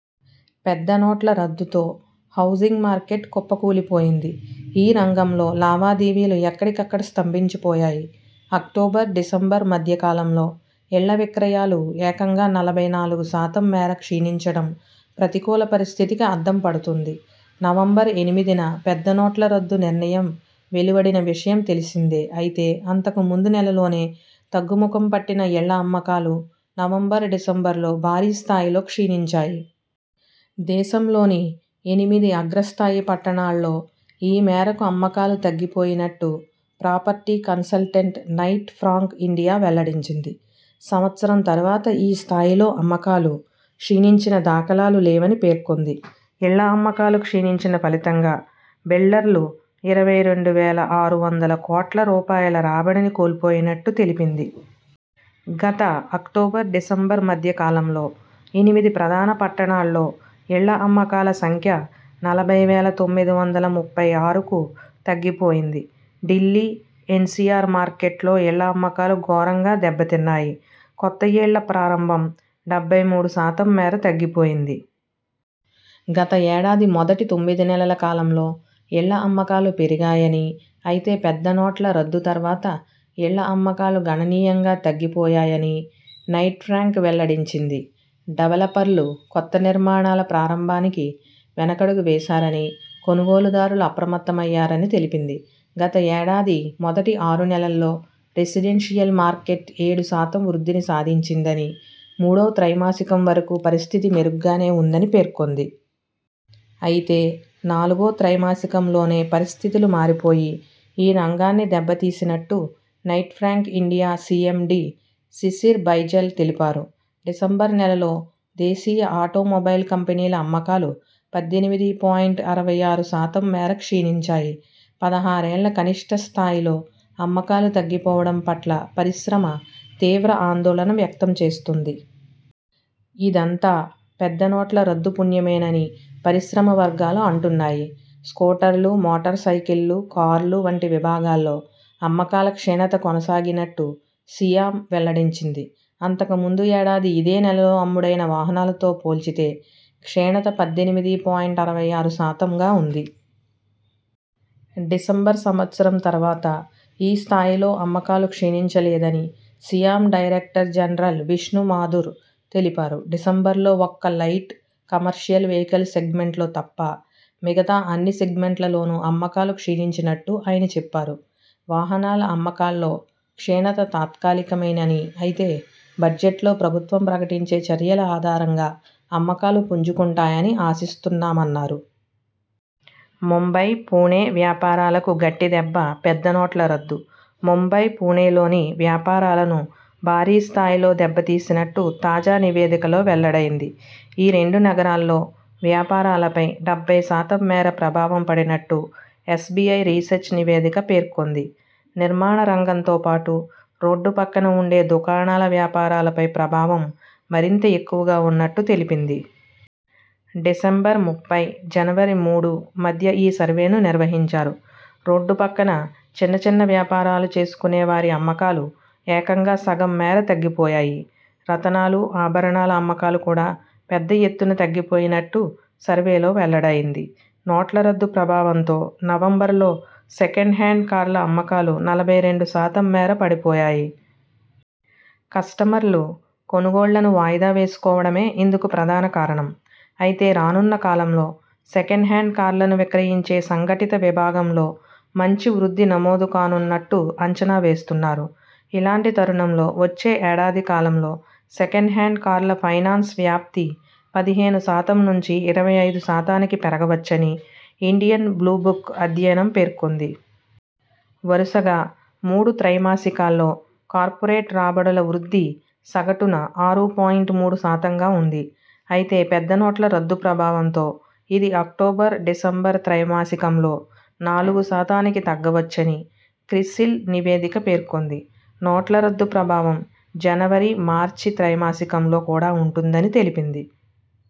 పెద్ద నోట్ల రద్దుతో housing market కుప్ప కూలిపోయింది. ఈ రంగంలో లావా దేవీలు ఎక్కడి కక్కడ స్తంభించిపోయాయి. అక్టోబర్, డిసెంబర్ మధ్య కాలంలో ఇళ్ల విక్రయాలు ఏకంగా నలభై నాలుగు శాతం మేర క్షీణించడం ప్రతికూల పరిస్థితికి అద్దం పడుతోంది. నవంబర్ ఎనిమిదిన పెద్ద నోట్ల రద్దు నిర్ణయం వెలు వడిన విషయం తెలిసిందే అయితే అంతకు ముందు నెలలోనే తగ్గు ముఖం పట్టిన ఇళ్ల అమ్మకాలు నవంబర్, డిసెంబర్లో భారీ స్థాయిలో క్షీణించాయి. దేశంలోని ఎనిమిది అగ్రస్థాయి పట్టణాల్లో ఈ మేరకు అమ్మకాలు తగ్గి పోయినట్టు property consultant Knight Frank India వెల్లడించింది. సంవత్సరం తర్వాత ఈ స్థాయిలో అమ్మకాలు క్షీణించిన దాఖలాలు లేవని పేర్కొంది. ఇళ్ల అమ్మకాలు క్షీణించిన ఫలితంగా బిల్డర్లు ఇరవై రెండు వేల ఆరు వందల కోట్ల రూ పాయల రాబడిని కోల్పోయినట్టు తెలిపింది. గత అక్టోబర్ డిసెంబర్ మధ్య కాలంలో ఎనిమిది ప్రధాన పట్టణాల్లో ఇళ్ల అమ్మకాల సంఖ్య నలభై వేల తొమ్మిది వందల ముప్పై ఆరుకు తగ్గి పోయింది ఢిల్లీ, ఎన్సిఆర్ మార్కెట్లో ఇళ్ల అమ్మకాలు ఘోరంగా దెబ్బతిన్నాయి. కొత్త ఇళ్ల ప్రారంభం డెబ్బై మూడు శాతం మేర తగ్గిపోయింది. గత ఏడాది మొదటి తొమ్మిది నెలల కాలంలో ఇళ్ల అమ్మకాలు పెరిగాయని, అయితే పెద్ద నోట్ల రద్దు తర్వాత ఇళ్ల అమ్మకాలు గణనీయంగా తగ్గి పోయాయని నైట్ఫ్రాంక్ వెల్లడించింది. డెవలపర్లు కొత్త నిర్మాణాల ప్రారంభానికి వెనకడుగు వేశారని, కొనుగోలు దారులు అప్రమత్తమయ్యారని తెలిపింది. గత ఏడాది మొదటి ఆరు నెలల్లో రెసిడెన్షియల్ మార్కెట్ ఏడు శాతం వృద్ధిని సాధించిందని, మూడో త్రై మాసికం వరకు పరిస్థితి మెరుగ్గానే ఉందని పేర్కొంది. అయితే నాలుగో త్రై మాసికంలోనే పరిస్థితులు మారిపోయి ఈ రంగాన్ని దెబ్బ తీసినట్టు Knight Frank India CMD Shishir Baijal తెలిపారు. డిసెంబర్ నెలలో దేశీయ ఆటో మొబైల్ కంపెనీల అమ్మకాలు పద్దెనిమిది పాయింట్ అరవై ఆరు శాతం మేర క్షీణించాయి. పదహారేళ్ల కనిష్ఠ స్థాయిలో అమ్మకాలు తగ్గిపోవడం పట్ల పరిశ్రమ తీవ్ర ఆందోళన వ్యక్తం చేస్తోంది. ఇదంతా పెద్ద నోట్ల రద్దు పుణ్యమేనని పరిశ్రమ వర్గాలు అంటున్నాయి. స్కూ టర్లు, మోటార్ సైకిళ్లు, కార్లు వంటి విభాగాల్లో అమ్మకాల క్షీణత కొనసాగినట్టు సియామ్ వెల్లడించింది. అంతకు ముందు ఏడాది ఇదే నెలలో అమ్ముడైన వాహనాలతో పోల్చితే క్షీణత పద్దెనిమిది పాయింట్ అరవై ఆరు శాతంగా ఉంది. డిసెంబర్ సంవత్సరం తర్వాత ఈ స్థాయిలో అమ్మకాలు క్షీణించ లేదని SIAM director general Vishnu Mathur తెలిపారు. డిసెంబర్లో ఒక్క లైట్ కమర్షియల్ వెహికిల్స్ సెగ్మెంట్లో తప్ప మిగతా అన్ని సెగ్మెంట్ల లోనూ అమ్మకాలు క్షీణించినట్టు ఆయన చెప్పారు. వాహనాల అమ్మకాల్లో క్షీణత తాత్కాలిక మేనని, అయితే బడ్జెట్లో ప్రభుత్వం ప్రకటించే చర్యల ఆధారంగా అమ్మకాలు పుంజుకుంటాయని ఆశిస్తున్నామన్నారు. ముంబై, పుణె వ్యాపారాలకు గట్టి దెబ్బపెద్ద నోట్ల రద్దు ముంబై, పుణెలోని వ్యాపారాలను భారీ స్థాయిలో దెబ్బ తీసినట్టు తాజా నివేదికలో వెల్లడైంది. ఈ రెండు నగరాల్లో వ్యాపారాలపై డెబ్బై శాతం మేర ప్రభావం పడినట్టు ఎస్బిఐ రీసెర్చ్ నివేదిక పేర్కొంది. నిర్మాణ రంగంతో పాటు రోడ్డు పక్కన ఉండే దుకాణాల వ్యాపారాలపై ప్రభావం మరింత ఎక్కువగా ఉన్నట్టు తెలిపింది. డిసెంబర్ ముప్పై, జనవరి మూడు మధ్య ఈ సర్వేను నిర్వహించారు. రోడ్డు పక్కన చిన్న చిన్న వ్యాపారాలు చేసుకునే వారి అమ్మకాలు ఏకంగా సగం మేర తగ్గి పోయాయి. రతనాలు, ఆభరణాల అమ్మకాలు కూడా పెద్ద ఎత్తున తగ్గి పోయినట్టు సర్వేలో వెల్లడైంది. నోట్ల రద్దు ప్రభావంతో నవంబర్లో సెకండ్ హ్యాండ్ కార్ల అమ్మకాలు నలభై రెండు శాతం మేర పడి పోయాయి. కస్టమర్లు కొనుగోళ్లను వాయిదా వేసుకోవడమే ఇందుకు ప్రధాన కారణం. అయితే రానున్న కాలంలో సెకండ్ హ్యాండ్ కార్లను విక్రయించే సంఘటిత విభాగంలో మంచి వృద్ధి నమోదు కానున్నట్టు అంచనా వేస్తున్నారు. ఇలాంటి తరుణంలో వచ్చే ఏడాది కాలంలో సెకండ్ హ్యాండ్ కార్ల ఫైనాన్స్ వ్యాప్తి పదిహేను శాతం నుంచి ఇరవై ఐదు శాతానికి పెరగవచ్చని ఇండియన్ బ్లూ బుక్ అధ్యయనం పేర్కొంది. వరుసగా మూడు త్రై మాసికాల్లో కార్పొరేట్ రాబడుల వృద్ధి సగటున ఆరు పాయింట్ మూడు శాతంగా ఉంది. అయితే పెద్ద నోట్ల రద్దు ప్రభావంతో ఇది అక్టోబర్, డిసెంబర్ త్రై మాసికంలో నాలుగు శాతానికి తగ్గవచ్చని క్రిసిల్ నివేదిక పేర్కొంది. నోట్ల రద్దు ప్రభావం జనవరి, మార్చి త్రైమాసికంలో కూడా ఉంటుందని తెలిపింది.